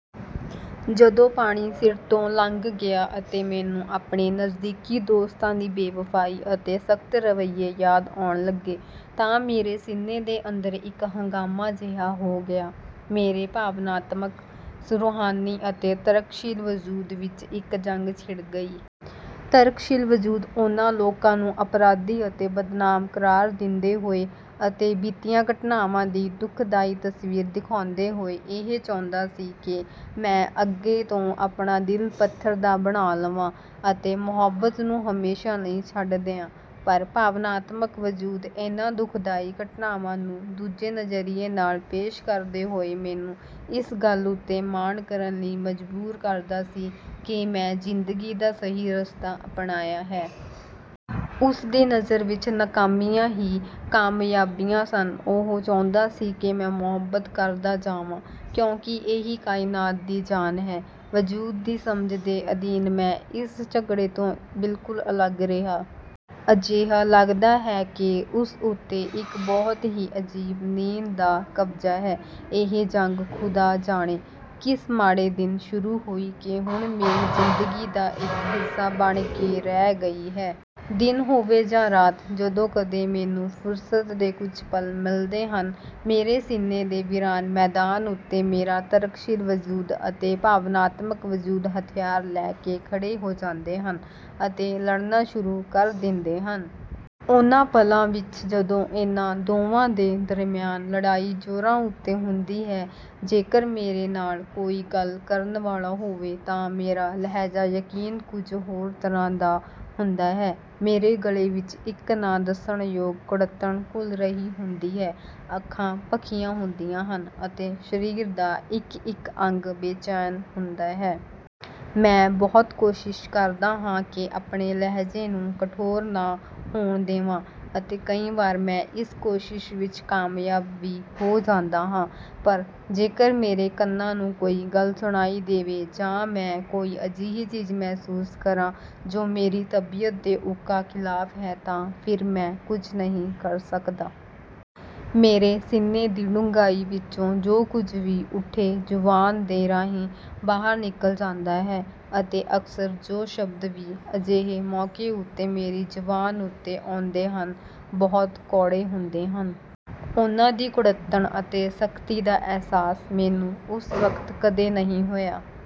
ਜਦੋਂ ਪਾਣੀ ਸਿਰ ਤੋਂ ਲੰਘ ਗਿਆ ਅਤੇ ਮੈਨੂੰ ਆਪਣੇ ਨਜ਼ਦੀਕੀ ਦੋਸਤਾਂ ਦੀ ਬੇਵਫ਼ਾਈ ਅਤੇ ਸਖ਼ਤ ਰਵੱਈਏ ਯਾਦ ਆਉਣ ਲੱਗੇ ਤਾਂ ਮੇਰੇ ਸੀਨੇ ਦੇ ਅੰਦਰ ਇੱਕ ਹੰਗਾਮਾ ਜਿਹਾ ਹੋ ਗਿਆ। ਮੇਰੇ ਭਾਵਨਾਤਮਕ, ਰੂਹਾਨੀ ਅਤੇ ਤਰਕਸ਼ੀਲ ਵਜੂਦ ਵਿੱਚ ਇੱਕ ਜੰਗ ਛਿੜ ਗਈ। ਤਰਕਸ਼ੀਲ ਵਜੂਦ ਉਨ੍ਹਾਂ ਲੋਕਾਂ ਨੂੰ ਅਪਰਾਧੀ ਅਤੇ ਬਦਨਾਮ ਕਰਾਰ ਦਿੰਦੇ ਹੋਏ ਅਤੇ ਬੀਤੀਆਂ ਘਟਨਾਵਾਂ ਦੀ ਦੁਖਦਾਈ ਤਸਵੀਰ ਦਿਖਾਉਂਦੇ ਹੋਏ ਇਹ ਚਾਹੁੰਦਾ ਸੀ ਕਿ ਮੈਂ ਅੱਗੇ ਤੋਂ ਆਪਣਾ ਦਿਲ ਪੱਥਰ ਦਾ ਬਣਾ ਲਵਾਂ ਅਤੇ ਮੁਹੱਬਤ ਨੂੰ ਹਮੇਸ਼ਾ ਲਈ ਛੱਡ ਦਿਆਂ, ਪਰ ਭਾਵਨਾਤਮਕ ਵਜੂਦ ਇਨ੍ਹਾਂ ਦੁਖਦਾਈ ਘਟਨਾਵਾਂ ਨੂੰ ਦੂਜੇ ਨਜ਼ਰੀਏ ਨਾਲ ਪੇਸ਼ ਕਰਦੇ ਹੋਏ ਮੈਨੂੰ ਇਸ ਗੱਲ ਉੱਤੇ ਮਾਣ ਕਰਨ ਲਈ ਮਜਬੂਰ ਕਰਦਾ ਸੀ ਕਿ ਮੈਂ ਜ਼ਿੰਦਗੀ ਦਾ ਸਹੀ ਰਸਤਾ ਅਪਣਾਇਆ ਹੈ। ਉਸਦੀ ਨਜ਼ਰ ਵਿੱਚ ਨਾਕਾਮੀਆਂ ਹੀ ਕਾਮਯਾਬੀਆਂ ਸਨ। ਉਹ ਚਾਹੁੰਦਾ ਸੀ ਕਿ ਮੈਂ ਮੁਹੱਬਤ ਕਰਦਾ ਜਾਵਾਂ ਕਿਉਂਕਿ ਇਹੀ ਕਾਇਨਾਤ ਦੀ ਜਾਨ ਹੈ। ਵਜੂਦ ਦੀ ਸਮਝ ਦੇ ਅਧੀਨ ਮੈਂ ਇਸ ਝਗੜੇ ਤੋਂ ਬਿਲਕੁਲ ਅਲੱਗ ਰਿਹਾ। ਅਜਿਹਾ ਲੱਗਦਾ ਹੈ ਕਿ ਉਸ ਉੱਤੇ ਇੱਕ ਬਹੁਤ ਹੀ ਅਜੀਬ ਨੀਂਦ ਦਾ ਕਬਜ਼ਾ ਹੈ। ਇਹ ਜੰਗ ਖ਼ੁਦਾ ਜਾਣੇ ਕਿਸ ਮਾੜੇ ਦਿਨ ਸ਼ੁਰੂ ਹੋਈ ਕਿ ਹੁਣ ਮੇਰੀ ਜ਼ਿੰਦਗੀ ਦਾ ਇੱਕ ਹਿੱਸਾ ਬਣ ਕੇ ਰਹਿ ਗਈ ਹੈ। ਦਿਨ ਹੋਵੇ ਜਾਂ ਰਾਤ, ਜਦੋਂ ਕਦੇ ਮੈਨੂੰ ਫੁਰਸਤ ਦੇ ਕੁਝ ਪਲ ਮਿਲਦੇ ਹਨ, ਮੇਰੇ ਸੀਨੇ ਦੇ ਵੀਰਾਨ ਮੈਦਾਨ ਉੱਤੇ ਮੇਰਾ ਤਰਕਸ਼ੀਲ ਵਜੂਦ ਅਤੇ ਭਾਵਨਾਤਮਕ ਵਜੂਦ ਹਥਿਆਰ ਲੈ ਕੇ ਖੜ੍ਹੇ ਹੋ ਜਾਂਦੇ ਹਨ ਅਤੇ ਲੜਨਾ ਸ਼ੁਰੂ ਕਰ ਦਿੰਦੇ ਹਨ। ਉਨ੍ਹਾਂ ਪਲਾਂ ਵਿੱਚ ਜਦੋਂ ਇਨ੍ਹਾਂ ਦੋਵਾਂ ਦੇ ਦਰਮਿਆਨ ਲੜਾਈ ਜ਼ੋਰਾਂ ਉੱਤੇ ਹੁੰਦੀ ਹੈ, ਜੇਕਰ ਮੇਰੇ ਨਾਲ਼ ਕੋਈ ਗੱਲ ਕਰਨ ਵਾਲਾ ਹੋਵੇ ਤਾਂ ਮੇਰਾ ਲਹਿਜ਼ਾ ਯਕੀਨ ਕੁਝ ਹੋਰ ਤਰ੍ਹਾਂ ਦਾ ਹੁੰਦਾ ਹੈ। ਮੇਰੇ ਗਲੇ ਵਿੱਚ ਇੱਕ ਨਾ ਦੱਸਣ ਯੋਗ ਕੁੜੱਤਣ ਘੁਲ ਰਹੀ ਹੁੰਦੀ ਹੈ, ਅੱਖਾਂ ਭਖੀਆਂ ਹੁੰਦੀਆਂ ਹਨ ਅਤੇ ਸ਼ਰੀਰ ਦਾ ਇੱਕ-ਇੱਕ ਅੰਗ ਬੇਚੈਨ ਹੁੰਦਾ ਹੈ। ਮੈਂ ਬਹੁਤ ਕੋਸ਼ਿਸ਼ ਕਰਦਾ ਹਾਂ ਕਿ ਆਪਣੇ ਲਹਿਜ਼ੇ ਨੂੰ ਕਠੋਰ ਨਾ ਹੋਣ ਦੇਵਾਂ ਅਤੇ ਕਈ ਵਾਰ ਮੈਂ ਇਸ ਕੋਸ਼ਿਸ਼ ਵਿੱਚ ਕਾਮਯਾਬ ਵੀ ਹੋ ਜਾਂਦਾ ਹਾਂ, ਪਰ ਜੇਕਰ ਮੇਰੇ ਕੰਨਾਂ ਨੂੰ ਕੋਈ ਗੱਲ ਸੁਣਾਈ ਦੇਵੇ ਜਾਂ ਮੈਂ ਕੋਈ ਅਜਿਹੀ ਚੀਜ਼ ਮਹਿਸੂਸ ਕਰਾਂ ਜੋ ਮੇਰੀ ਤਬੀਅਤ ਦੇ ਉੱਕਾ ਖਿਲਾਫ਼ ਹੈ ਤਾਂ ਫਿਰ ਮੈਂ ਕੁਝ ਨਹੀਂ ਕਰ ਸਕਦਾ। ਮੇਰੇ ਸੀਨੇ ਦੀ ਡੂੰਘਾਈ ਵਿੱਚੋਂ ਜੋ ਕੁਝ ਵੀ ਉੱਠੇ, ਜ਼ੁਬਾਨ ਦੇ ਰਾਹੀਂ ਬਾਹਰ ਨਿਕਲ ਜਾਂਦਾ ਹੈ ਅਤੇ ਅਕਸਰ ਜੋ ਸ਼ਬਦ ਵੀ ਅਜਿਹੇ ਮੌਕੇ ਉੱਤੇ ਮੇਰੀ ਜ਼ੁਬਾਨ ਉੱਤੇ ਆਉਂਦੇ ਹਨ, ਬਹੁਤ ਕੌੜੇ ਹੁੰਦੇ ਹਨ। ਉਨ੍ਹਾਂ ਦੀ ਕੁੜੱਤਣ ਅਤੇ ਸਖ਼ਤੀ ਦਾ ਅਹਿਸਾਸ ਮੈਨੂੰ ਉਸ ਵਕਤ ਕਦੇ ਨਹੀਂ ਹੋਇਆ।